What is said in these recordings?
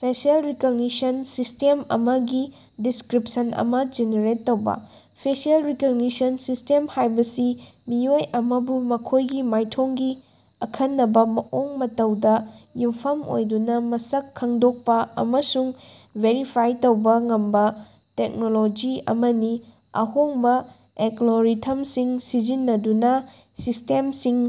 Facial recognition system ꯑꯃꯒꯤ description ꯑꯃ generate ꯇꯧꯕ꯫ ꯐꯦꯁꯤꯑꯦꯜ ꯔꯤꯀꯒꯅꯤꯁꯟ ꯁꯤꯁ꯭ꯇꯦꯝ ꯍꯥꯏꯕꯁꯤ ꯃꯤꯑꯣꯏ ꯑꯃꯕꯨ ꯃꯈꯣꯏꯒꯤ ꯃꯥꯏꯊꯣꯡꯒꯤ ꯑꯈꯟꯅꯕ ꯃꯑꯣꯡ ꯃꯇꯧꯗ ꯌꯨꯝꯐꯝ ꯑꯣꯏꯗꯨꯅ ꯃꯁꯛ ꯈꯪꯗꯣꯛꯄ ꯑꯃꯁꯨꯡ ꯚꯦꯔꯤꯐꯥꯏ ꯇꯧꯕ ꯉꯝꯕ ꯇꯦꯛꯅꯣꯂꯣꯖꯤ ꯑꯃꯅꯤ꯫ ꯑꯍꯣꯡꯕ ꯑꯦꯂꯒꯣꯔꯤꯊꯃꯁꯤꯡ ꯁꯤꯖꯤꯟꯅꯗꯨꯅ ꯁꯤꯁ꯭ꯇꯦꯝꯁꯤꯡ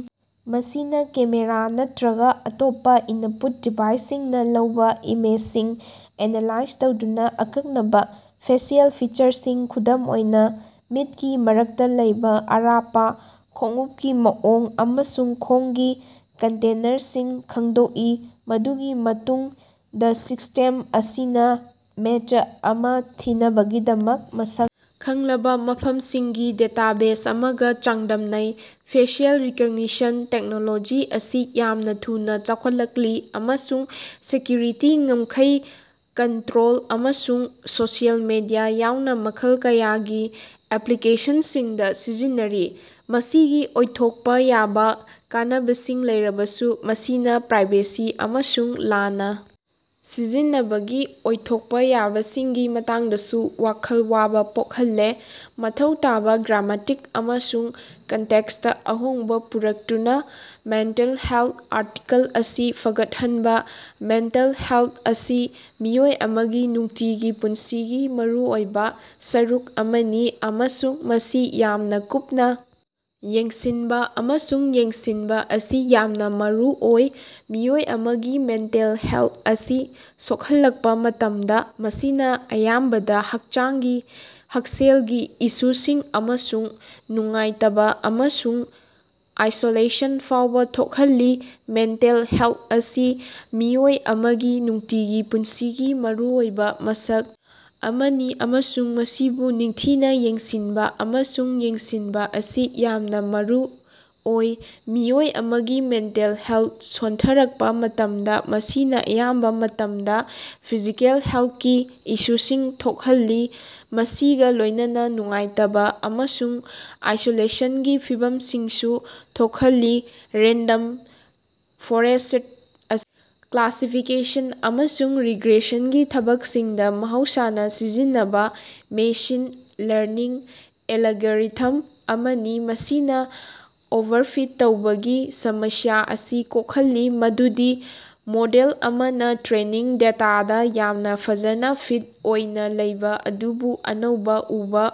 ꯑꯁꯤꯅ ꯀꯦꯃꯦꯔꯥ ꯅꯠꯇ꯭ꯔꯒ ꯑꯇꯣꯞꯄ ꯏꯅꯄꯨꯠ ꯗꯤꯚꯥꯏꯁꯁꯤꯡꯅ ꯂꯧꯕ ꯏꯃꯦꯖꯁꯤꯡ ꯑꯦꯅꯥꯂꯥꯏꯖ ꯇꯧꯗꯨꯅ ꯑꯀꯛꯅꯕ ꯐꯦꯁꯤꯑꯦꯜ ꯐꯤꯆꯔꯁꯤꯡ, ꯈꯨꯗꯝ ꯑꯣꯏꯅ ꯃꯤꯠꯀꯤ ꯃꯔꯛꯇ ꯂꯩꯕ ꯑꯔꯥꯞꯄ ꯈꯣꯡꯎꯄꯀꯤ ꯃꯑꯣꯡ ꯑꯃꯁꯨꯡ ꯈꯣꯡꯒꯤ ꯀꯟꯇꯦꯅꯔꯁꯤꯡ ꯈꯪꯗꯣꯛꯏ꯫ ꯃꯗꯨꯒꯤ ꯃꯇꯨꯡꯗ ꯁꯤꯁ꯭ꯇꯦꯝ ꯑꯁꯤꯅ ꯃꯦꯆ ꯑꯃ ꯊꯤꯅꯕꯒꯤꯗꯃꯛ ꯃꯁꯛ ꯈꯪꯂꯕ ꯃꯐꯝꯁꯤꯡꯒꯤ ꯗꯦꯇꯥꯕꯦꯖ ꯑꯃꯒ ꯆꯥꯡꯗꯝꯅꯩ꯫ ꯐꯦꯁꯤꯑꯦꯜ ꯔꯤꯀꯣꯒꯅꯤꯁꯟ ꯇꯦꯛꯅꯣꯂꯣꯖꯤ ꯑꯁꯤ ꯌꯥꯝꯅ ꯊꯨꯅ ꯆꯥꯎꯈꯠꯂꯛꯂꯤ ꯑꯃꯁꯨꯡ ꯁꯦꯀ꯭ꯌꯨꯔꯤꯇꯤ, ꯉꯝꯈꯩ ꯀꯟꯇꯔꯣꯜ, ꯑꯃꯁꯨꯡ ꯁꯣꯁꯤꯑꯦꯜ ꯃꯦꯗꯤꯌꯥ ꯌꯥꯎꯅ ꯃꯈꯜ ꯀꯌꯥꯒꯤ ꯑꯦꯞꯂꯤꯀꯦꯁꯟꯁꯤꯡꯗ ꯁꯤꯖꯤꯟꯅꯔꯤ꯫ ꯃꯁꯤꯒꯤ ꯑꯣꯏꯊꯣꯛꯄ ꯌꯥꯕ ꯀꯥꯟꯅꯕꯁꯤꯡ ꯂꯩꯔꯕꯁꯨ ꯃꯁꯤꯅ ꯄ꯭ꯔꯥꯏꯚꯦꯁꯤ ꯑꯃꯁꯨꯡ ꯂꯥꯟꯅ ꯁꯤꯖꯤꯟꯅꯕꯒꯤ ꯑꯣꯏꯊꯣꯛꯄ ꯌꯥꯕꯁꯤꯡꯒꯤ ꯃꯇꯥꯡꯗꯁꯨ ꯋꯥꯈꯜ ꯋꯥꯕ ꯄꯣꯛꯍꯜꯂꯦ꯫ ꯃꯊꯧ ꯇꯥꯕ ꯒ꯭ꯔꯥꯃꯇꯤꯛ ꯑꯃꯁꯨꯡ ꯀꯟꯇꯦꯛꯁꯇ ꯑꯍꯣꯡꯕ ꯄꯨꯔꯛꯇꯨꯅ ꯃꯦꯟꯇꯦꯜ ꯍꯦꯜꯊ ꯑꯥꯔꯇꯤꯀꯜ ꯑꯁꯤ ꯐꯒꯠꯍꯟꯕ꯫ ꯃꯦꯟꯇꯦꯜ ꯍꯦꯜꯊ ꯑꯁꯤ ꯃꯤꯑꯣꯏ ꯑꯃꯒꯤ ꯅꯨꯡꯇꯤꯒꯤ ꯄꯨꯟꯁꯤꯒꯤ ꯃꯔꯨꯑꯣꯏꯕ ꯁꯔꯨꯛ ꯑꯃꯅꯤ꯫ ꯑꯃꯁꯨꯡ ꯃꯁꯤ ꯌꯥꯝꯅ ꯀꯨꯞꯅ ꯌꯦꯡꯁꯤꯟꯕ ꯑꯃꯁꯨꯡ ꯌꯦꯡꯁꯤꯟꯕ ꯑꯁꯤ ꯌꯥꯝꯅ ꯃꯔꯨꯑꯣꯏ꯫ ꯃꯤꯑꯣꯏ ꯑꯃꯒꯤ ꯃꯦꯟꯇꯦꯜ ꯍꯦꯂꯊ ꯑꯁꯤ ꯁꯣꯛꯍꯜꯂꯛꯄ ꯃꯇꯝꯗ ꯃꯁꯤꯅ ꯑꯌꯥꯝꯕꯗꯤ ꯍꯛꯆꯥꯡꯒꯤ ꯍꯛꯁꯦꯜꯒꯤ ꯏꯁꯨꯁꯤꯡ ꯑꯃꯁꯨꯡ ꯅꯨꯡꯉꯥꯏꯇꯕ ꯑꯃꯁꯨꯡ ꯑꯥꯏꯁꯣꯂꯦꯁꯟ ꯐꯥꯎꯕ ꯊꯣꯛꯍꯜꯂꯤ꯫ ꯃꯦꯟꯇꯦꯜ ꯍꯦꯜꯊ ꯑꯁꯤ ꯃꯤꯑꯣꯏ ꯑꯃꯒꯤ ꯅꯨꯡꯇꯤꯒꯤ ꯄꯨꯟꯁꯤꯒꯤ ꯃꯔꯨꯑꯣꯏꯕ ꯃꯁꯛ ꯑꯃꯅꯤ ꯑꯃꯁꯨꯡ ꯃꯁꯤꯕꯨ ꯅꯤꯡꯊꯤꯅ ꯌꯦꯡꯁꯤꯟꯕ ꯑꯃꯁꯨꯡ ꯌꯦꯡꯁꯤꯟꯕ ꯑꯁꯤ ꯌꯥꯝꯅ ꯃꯔꯨꯑꯣꯏ꯫ ꯃꯤꯑꯣꯏ ꯑꯃꯒꯤ ꯃꯦꯟꯇꯦꯜ ꯍꯦꯂꯊ ꯁꯣꯟꯊꯔꯛꯄ ꯃꯇꯝꯗ, ꯃꯁꯤꯅ ꯑꯌꯥꯝꯕ ꯃꯇꯝꯗ ꯐꯤꯖꯤꯀꯦꯜ ꯍꯦꯂꯊꯀꯤ ꯏꯁꯨꯁꯤꯡ ꯊꯣꯛꯍꯜꯂꯤ꯫ ꯃꯁꯤꯒ ꯂꯣꯏꯅꯅ ꯅꯨꯡꯉꯥꯏꯇꯕ ꯑꯃꯁꯨꯡ ꯑꯥꯏꯁꯣꯂꯦꯁꯟꯒꯤ ꯐꯤꯚꯝꯁꯤꯡꯁꯨ ꯊꯣꯛꯍꯜꯂꯤ꯫ ꯔꯦꯟꯗꯝ ꯐꯣꯔꯦꯁ꯭ꯠ ꯑꯁꯤ ꯀ꯭ꯂꯥꯁꯤꯐꯤꯀꯦꯁꯟ ꯑꯃꯁꯨꯡ ꯔꯤꯒ꯭ꯔꯦꯁꯟꯒꯤ ꯊꯕꯛꯁꯤꯡꯗ ꯃꯍꯧꯁꯥꯅ ꯁꯤꯖꯤꯟꯅꯕ ꯃꯦꯁꯤꯟ ꯂꯔꯅꯤꯡ ꯑꯦꯂꯒꯣꯔꯤꯊꯝ ꯑꯃꯅꯤ꯫ ꯃꯁꯤꯅ ꯑꯣꯚꯔꯐꯤꯠ ꯇꯧꯕꯒꯤ ꯁꯃꯁ꯭ꯌꯥ ꯑꯁꯤ ꯀꯣꯛꯍꯜꯂꯤ꯫ ꯃꯗꯨꯗꯤ ꯃꯣꯗꯦꯜ ꯑꯃꯅ ꯇ꯭ꯔꯦꯅꯤꯡ ꯗꯦꯇꯥꯗꯥ ꯌꯥꯝꯅ ꯐꯖꯅ ꯐꯤꯠ ꯑꯣꯏꯅ ꯂꯩꯕꯥ ꯑꯗꯨꯕꯨ ꯑꯅꯧꯕ, ꯎꯕ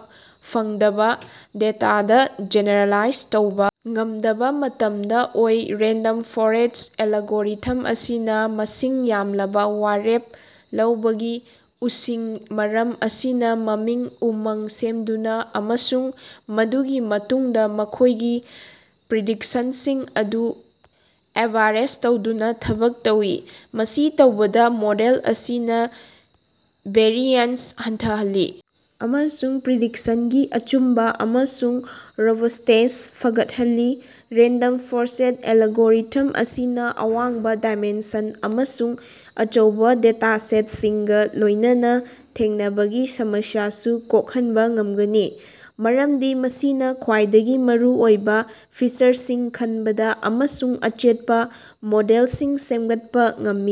ꯐꯪꯗꯕ ꯗꯦꯇꯥꯗ ꯖꯦꯅꯦꯔꯦꯂꯥꯏꯖ ꯇꯧꯕ ꯉꯝꯗꯕ ꯃꯇꯝꯗ ꯑꯣꯏ꯫ ꯔꯦꯟꯗꯝ ꯐꯣꯔꯦꯁ꯭ꯠ ꯑꯦꯂꯒꯣꯔꯤꯊꯝ ꯑꯁꯤꯅ ꯃꯁꯤꯡ ꯌꯥꯝꯂꯕ ꯋꯥꯔꯦꯞ ꯂꯧꯕꯒꯤ ꯎꯁꯤꯡ ꯃꯔꯝ ꯑꯁꯤꯅ ꯃꯃꯤꯡ, ꯎꯃꯪ ꯁꯦꯝꯗꯨꯅ ꯑꯃꯁꯨꯡ ꯃꯗꯨꯒꯤ ꯃꯇꯨꯡꯗ ꯃꯈꯣꯏꯒꯤ ꯄ꯭ꯔꯤꯗꯤꯛꯁꯟꯁꯤꯡ ꯑꯗꯨ ꯑꯦꯚꯥꯔꯦꯖ ꯇꯧꯗꯨꯅ ꯊꯕꯛ ꯇꯧꯏ꯫ ꯃꯁꯤ ꯇꯧꯕꯅ ꯃꯣꯗꯦꯜ ꯑꯁꯤꯅ ꯚꯦꯔꯤꯑꯦꯟꯁ ꯍꯟꯊꯍꯜꯂꯤ ꯑꯃꯁꯨꯡ ꯄ꯭ꯔꯤꯗꯤꯛꯁꯟꯒꯤ ꯑꯆꯨꯝꯕ ꯑꯃꯁꯨꯡ ꯔꯣꯕꯁ꯭ꯇꯦꯟꯁ ꯐꯒꯠꯍꯜꯂꯤ꯫ ꯔꯦꯟꯗꯝ ꯐꯣꯔꯦꯁ꯭ꯠ ꯑꯦꯂꯒꯣꯔꯤꯊꯝ ꯑꯁꯤꯅ ꯑꯋꯥꯡꯕ ꯗꯥꯏꯃꯦꯟꯁꯟ ꯑꯃꯁꯨꯡ ꯑꯆꯧꯕ ꯗꯦꯇꯥꯁꯦꯠꯁꯤꯡꯒ ꯂꯣꯏꯅꯅ ꯊꯦꯡꯅꯕꯒꯤ ꯁꯃꯁ꯭ꯌꯥꯁꯨ ꯀꯣꯛꯍꯟꯕ ꯉꯝꯒꯅꯤ꯫ ꯃꯔꯝꯗꯤ ꯃꯁꯤꯅ ꯈ꯭ꯋꯥꯏꯗꯒꯤ ꯃꯔꯨꯑꯣꯏꯕ ꯐꯤꯆꯔꯁꯤꯡ ꯈꯟꯕꯗ ꯑꯃꯁꯨꯡ ꯑꯆꯦꯠꯄ ꯃꯣꯗꯦꯜꯁꯤꯡ ꯁꯦꯝꯒꯠꯄ ꯉꯝꯃꯤ꯫